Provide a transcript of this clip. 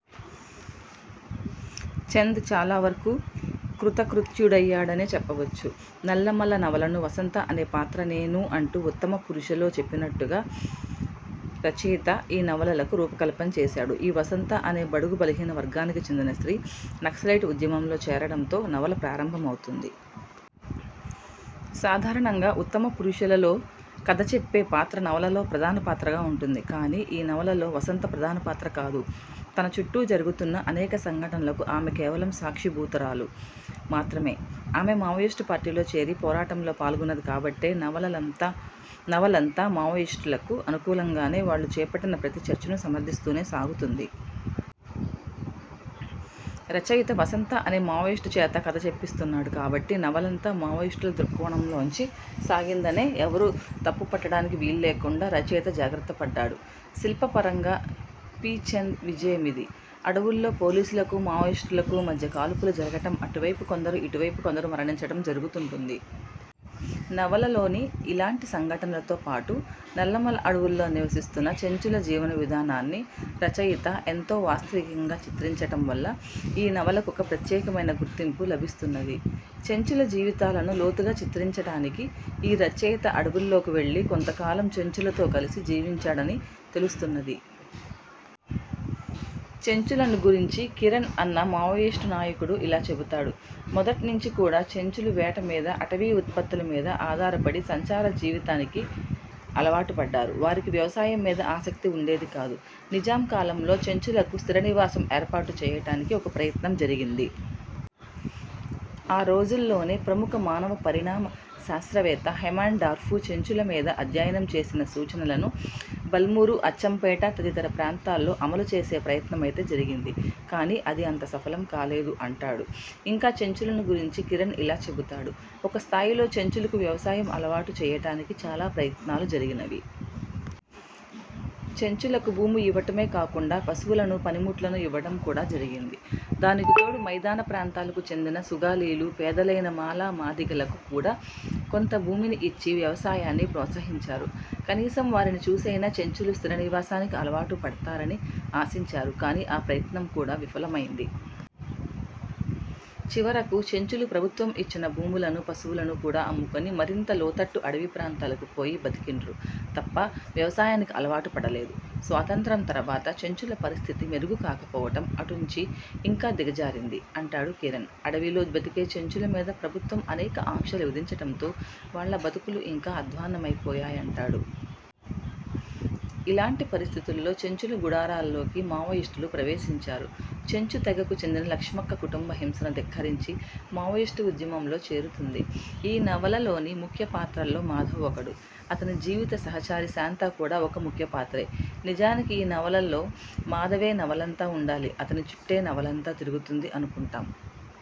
చంద్ చాలా వరకు కృతకృత్యుడయ్యాడనే చెప్పవచ్చు. 'నల్లమల' నవలను వసంత అనే పాత్ర 'నేనూ' అంటూ ఉత్తమ పురుషలో చెప్పినట్టుగా రచయిత ఈ నవలకు రూపకల్పన చేశాడు. ఈ వసంత అనే బడుగు బలహీన వర్గానికి చెందిన స్త్రీ నక్సలైట్ ఉద్యమంలో చేరడంతో నవల ప్రారంభమౌతుంది. సాధారణంగా ఉత్తమపురుషలో కథచెప్పే పాత్ర నవలలో ప్రధానపాత్రగా ఉంటుంది. కానీ ఈ నవలలో వసంత ప్రధానపాత్ర కాదు. తన చుట్టూ జరుగుతున్న అనేక సంఘటనలకు ఆమె కేవలం సాక్షీభూతురాలు మాత్రమే. ఆమె మావోయిస్టు పార్టీలో చేరి పోరాటంలో పాల్గొన్నది కాబట్టి నవలంతా మావోయిస్టులకు అనుకూలంగానే, వాళ్లు చేపట్టిన ప్రతి చర్చను సమర్థిస్తూనే సాగుతుంది. రచయిత వసంత అనే మావోయిస్టు చేత కథ చెప్పిస్తున్నాడు కాబట్టి నవలంతా మావోయిస్టుల దృక్కోణంలోంచే సాగిందని ఎవరూ తప్పుపట్టటానికి వీల్లేకుండా రచయిత జాగ్రత్త పడ్డాడు. శిల్పపరంగా పి. చంద్ విజయమిది. అడవుల్లో పోలీసులకు, మావోయిస్టులకు మధ్య కాల్పులు జరగటం, అటువైపు కొందరు, ఇటువైపు కొందరు మరణించటం జరుగుతుం టుంది. ఈ నవలలోని ఇలాంటి సంఘటనలతో పాటు నల్లమల అడవుల్లో నివసిస్తున్న చెంచుల జీవన విధానాన్ని రచయిత ఎంతో వాస్తవికంగా చిత్రించటంవల్ల ఈ నవలకొక ప్రత్యేకమైన గుర్తింపు లభిస్తున్నది. చెంచుల జీవితాలను లోతుగా చిత్రించటానికి ఈ రచయిత అడవుల్లోకి వెళ్లి కొంతకాలం చెంచులతో కలిసి జీవించాడని తెలుస్తున్నది. చెంచులను గురించి కిరణ్ అన్న మావోయిస్టు నాయకుడు ఇలా చెబుతాడు: ''మొదట్నించి కూడా చెంచులు వేట మీద, అటవీ ఉత్పత్తుల మీద ఆధారపడి సంచార జీవితానికే అలవాటు పడ్డారు. వారికి వ్యవసాయం మీద ఆసక్తి ఉండేది కాదు. నిజాం కాలంలో చెంచులకు స్థిర నివాసం ఏర్పాటు చెయ్యటానికి ఒక ప్రయత్నం జరిగింది. ఆరోజుల్లోనే ప్రముఖ మానవ పరిణామ శాస్త్రవేత్త హేమన్ డార్ఫు చెంచుల మీద అధ్యయనం చేసిన సూచనలను బల్మూరు, అచ్చంపేట తదితర ప్రాంతాల్లో అమలు చేసే ప్రయత్నమైతే జరిగింది కాని అది అంత సఫలం కాలేదు'' అంటాడు. ఇంకా చెంచులను గురించి కిరణ్ ఇలా చెబుతాడు:''ఒక స్థాయిలో చెంచులకు వ్యవసాయం అలవాటు చెయ్యటానికి చాలా ప్రయత్నాలు జరిగినవి. చెంచులకు భూమి ఇవ్వటమే కాకుండా పశువులను, పనిముట్లను ఇవ్వడం కూడా జరిగింది. దానికి తోడు మైదాన ప్రాంతాలకు చెందిన సుగాలీలు, పేదలైన మాలమాదిగలకు కూడా కొంత భూమిని ఇచ్చి వ్యవసాయాన్ని ప్రోత్సహించారు. కనీసం వారిని చూసైనా చెంచులు స్థిరనివాసానికి అలవాటు పడ్తారని ఆశించారు. కానీ ఆ ప్రయత్నం కూడా విఫలమైంది. చివరకు చెంచులు ప్రభుత్వం ఇచ్చిన భూములను, పశువులను కూడా అమ్ముకొని మరింత లోతట్టు అడివి ప్రాంతాలకు పోయి బతికిండ్రు తప్ప వ్యవసాయానికి అలవాటు పడలేదు''. స్వాతంత్య్రం తర్వాత చెంచుల పరిస్థితి మెరుగు కాకపోవటం అటుంచి ఇంకా దిగజారింది అంటాడు కిరణ్. అడవిలో బతికే చెంచుల మీద ప్రభుత్వం అనేక ఆంక్షలు విధించటంతో వాళ్ళ బతుకులు ఇంకా అధ్వాన్నమైపోయాయంటాడు. ఇలాంటి పరిస్థితుల్లో చెంచుల గుడారాల్లోకి మావోయిస్టులు ప్రవేశించారు. చెంచు తెగకు చెందిన లక్ష్మక్క కుటుంబ హింసను ధిక్కరించి మావోయిస్టు ఉద్యమంలో చేరుతుంది. ఈ నవలలోని ముఖ్య పాత్రల్లో మాధవ్ ఒకడు. అతని జీవిత సహచరి శాంత కూడా ఒక ముఖ్య పాత్రే. నిజానికి ఈ నవలలో మాధవే నవలంతా ఉండాలి, అతని చుట్టే నవలంతా తిరుగుతుంది అనుకుంటాం.